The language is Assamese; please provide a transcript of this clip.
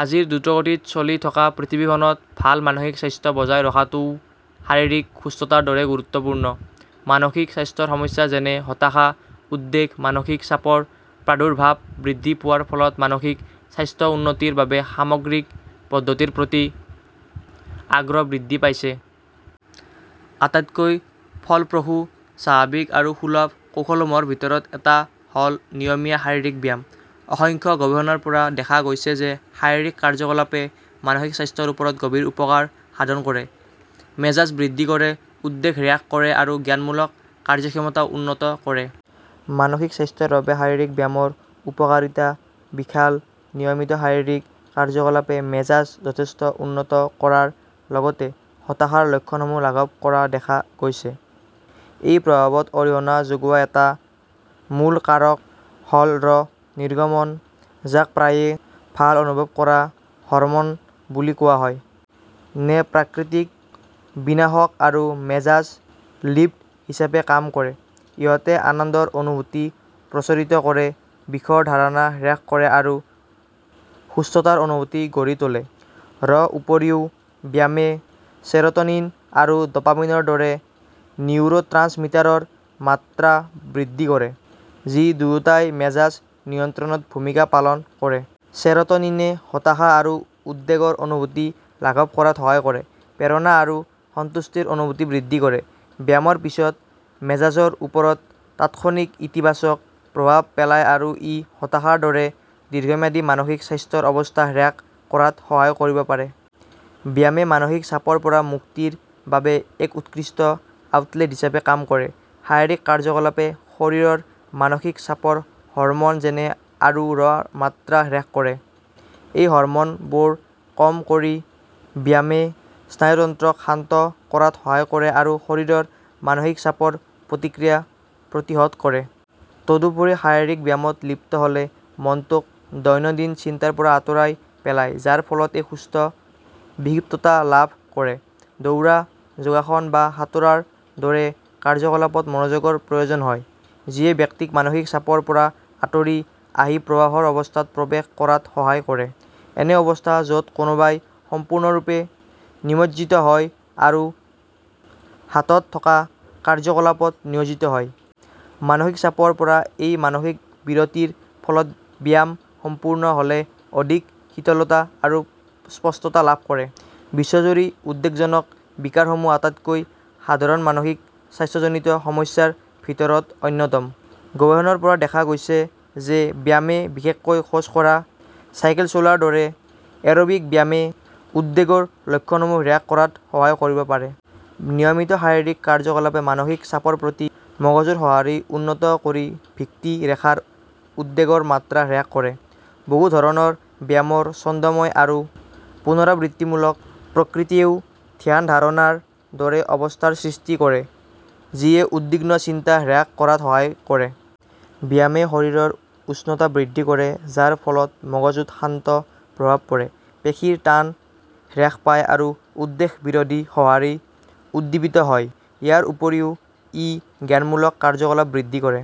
আজিৰ দ্ৰুতগতিত চলি থকা পৃথিৱীখনত ভাল মানসিক স্বাস্থ্য বজাই ৰখাটোও শাৰীৰিক সুস্থতাৰ দৰেই গুৰুত্বপূৰ্ণ। মানসিক স্বাস্থ্যৰ সমস্যা যেনে হতাশা, উদ্বেগ, মানসিক চাপৰ প্ৰাদুৰ্ভাৱ বৃদ্ধি পোৱাৰ ফলত মানসিক স্বাস্থ্য উন্নতিৰ বাবে সামগ্ৰিক পদ্ধতিৰ প্ৰতি আগ্ৰহ বৃদ্ধি পাইছে। আটাইতকৈ ফলপ্ৰসূ, স্বাভাৱিক আৰু সুলভ কৌশলসমূহৰ ভিতৰত এটা হ'ল নিয়মীয়া শাৰীৰিক ব্যায়াম। অসংখ্য গৱেষণাৰ পৰা দেখা গৈছে যে শাৰীৰিক কাৰ্যকলাপে মানসিক স্বাস্থ্যৰ ওপৰত গভীৰ উপকাৰ সাধন কৰে, মেজাজ বৃদ্ধি কৰে, উদ্বেগ হ্ৰাস কৰে আৰু জ্ঞানমূলক কাৰ্য্যক্ষমতা উন্নত কৰে। মানসিক স্বাস্থ্যৰ বাবে শাৰীৰিক ব্যায়ামৰ উপকাৰিতা বিশাল নিয়মিত শাৰীৰিক কাৰ্য্যকলাপে মেজাজ যথেষ্ট উন্নত কৰাৰ লগতে হতাশাৰ লক্ষণসমূহ লাঘৱ কৰা দেখা গৈছে। এই প্ৰভাৱত অৰিহণা যোগোৱা এটা মূল কাৰক হ'ল ৰ নিৰ্গমন, যাক প্ৰায়ে "ভাল অনুভৱ কৰা" হৰম'ন বুলি কোৱা হয়। নে প্ৰাকৃতিক বিষনাশক আৰু মেজাজ লিফ্ট হিচাপে কাম কৰে। ইহঁতে আনন্দৰ অনুভূতি প্ৰৰোচিত কৰে, বিষৰ ধাৰণা হ্ৰাস কৰে আৰু সুস্থতাৰ অনুভূতি গঢ়ি তোলে। ৰ উপৰিও ব্যায়ামে চেৰ'টনিন আৰু ড'পামিনৰ দৰে নিউৰ'ট্ৰান্সমিটাৰৰ মাত্ৰা বৃদ্ধি কৰে, যি দুয়োটাই মেজাজ নিয়ন্ত্ৰণত ভূমিকা পালন কৰে। চেৰ'টনিনে হতাশা আৰু উদ্বেগৰ অনুভূতি লাঘৱ কৰাত সহায় কৰে, প্ৰেৰণা আৰু সন্তুষ্টিৰ অনুভূতি বৃদ্ধি কৰে। ব্যায়ামৰ পিছত মেজাজৰ ওপৰত তাৎক্ষণিক ইতিবাচক প্ৰভাৱ পেলায় আৰু ই হতাশাৰ দৰে দীৰ্ঘম্যাদী মানসিক স্বাস্থ্যৰ অৱস্থা হ্ৰাস কৰাত সহায় কৰিব পাৰে। ব্যায়ামে মানসিক চাপৰ পৰা মুক্তিৰ বাবে এক উৎকৃষ্ট আউটলেট হিচাপে কাম কৰে। শাৰীৰিক কাৰ্য্যকলাপে শৰীৰৰ মানসিক চাপৰ হৰম'ন যেনে আৰু ৰ মাত্ৰা হ্ৰাস কৰে। এই হৰম'নবোৰ কম কৰি ব্যায়ামে স্নায়ুতন্ত্ৰক শান্ত কৰাত সহায় কৰে আৰু শৰীৰৰ মানসিক চাপৰ প্ৰতিক্ৰিয়া প্ৰতিহত কৰে। তদুপৰি শাৰীৰিক ব্যায়ামত লিপ্ত হ'লে মনটোক দৈনন্দিন চিন্তাৰ পৰা আঁতৰাই পেলায়, যাৰ ফলত এক সুস্থ বিক্ষিপ্ততা লাভ কৰে। দৌৰা, যোগাসন বা সাঁতোৰৰ দৰে কাৰ্য্যকলাপত মনোযোগৰ প্ৰয়োজন হয়, যিয়ে ব্যক্তিক মানসিক চাপৰ পৰা আঁতৰি আহি প্ৰবাহৰ অৱস্থাত প্ৰৱেশ কৰাত সহায় কৰে— এনে অৱস্থা য'ত কোনোবাই সম্পূৰ্ণৰূপে নিমজ্জিত হয় আৰু হাতত থকা কাৰ্য্যকলাপত নিয়োজিত হয়। মানসিক চাপৰ পৰা এই মানসিক বিৰতিৰ ফলত ব্যায়াম সম্পূৰ্ণ হ'লে অধিক শিথিলতা আৰু স্পষ্টতা লাভ কৰে। বিশ্বজুৰি উদ্বেগজনক বিকাৰসমূহ আটাইতকৈ সাধাৰণ মানসিক স্বাস্থ্যজনিত সমস্যাৰ ভিতৰত অন্যতম। গৱেষণাৰ পৰা দেখা গৈছে যে ব্যায়ামে বিশেষকৈ খোজ কঢ়া, চাইকেল চলোৱাৰ দৰে এৰোবিক ব্যায়ামে উদ্বেগৰ লক্ষণসমূহ হ্ৰাস কৰাত সহায় কৰিব পাৰে। নিয়মিত শাৰীৰিক কাৰ্য্যকলাপে মানসিক চাপৰ প্ৰতি মগজুৰ সঁহাৰি উন্নত কৰি ভিত্তি ৰেখাৰ উদ্বেগৰ মাত্ৰা হ্ৰাস কৰে। বহু ধৰণৰ ব্যায়ামৰ ছন্দময় আৰু পুনৰাবৃত্তিমূলক প্ৰকৃতিয়েও ধ্যান-ধাৰণাৰ দৰে অৱস্থাৰ সৃষ্টি কৰে, যিয়ে উদ্বিগ্ন চিন্তা হ্ৰাস কৰাত সহায় কৰে। ব্যায়ামে শৰীৰৰ উষ্ণতা বৃদ্ধি কৰে, যাৰ ফলত মগজুত শান্ত প্ৰভাৱ পৰে, পেশীৰ টান হ্ৰাস পায় আৰু উদ্বেগ বিৰোধী সঁহাৰি উদ্দীপিত হয়। ইয়াৰ উপৰিও ই জ্ঞানমূলক কাৰ্য্যকলাপ বৃদ্ধি কৰে,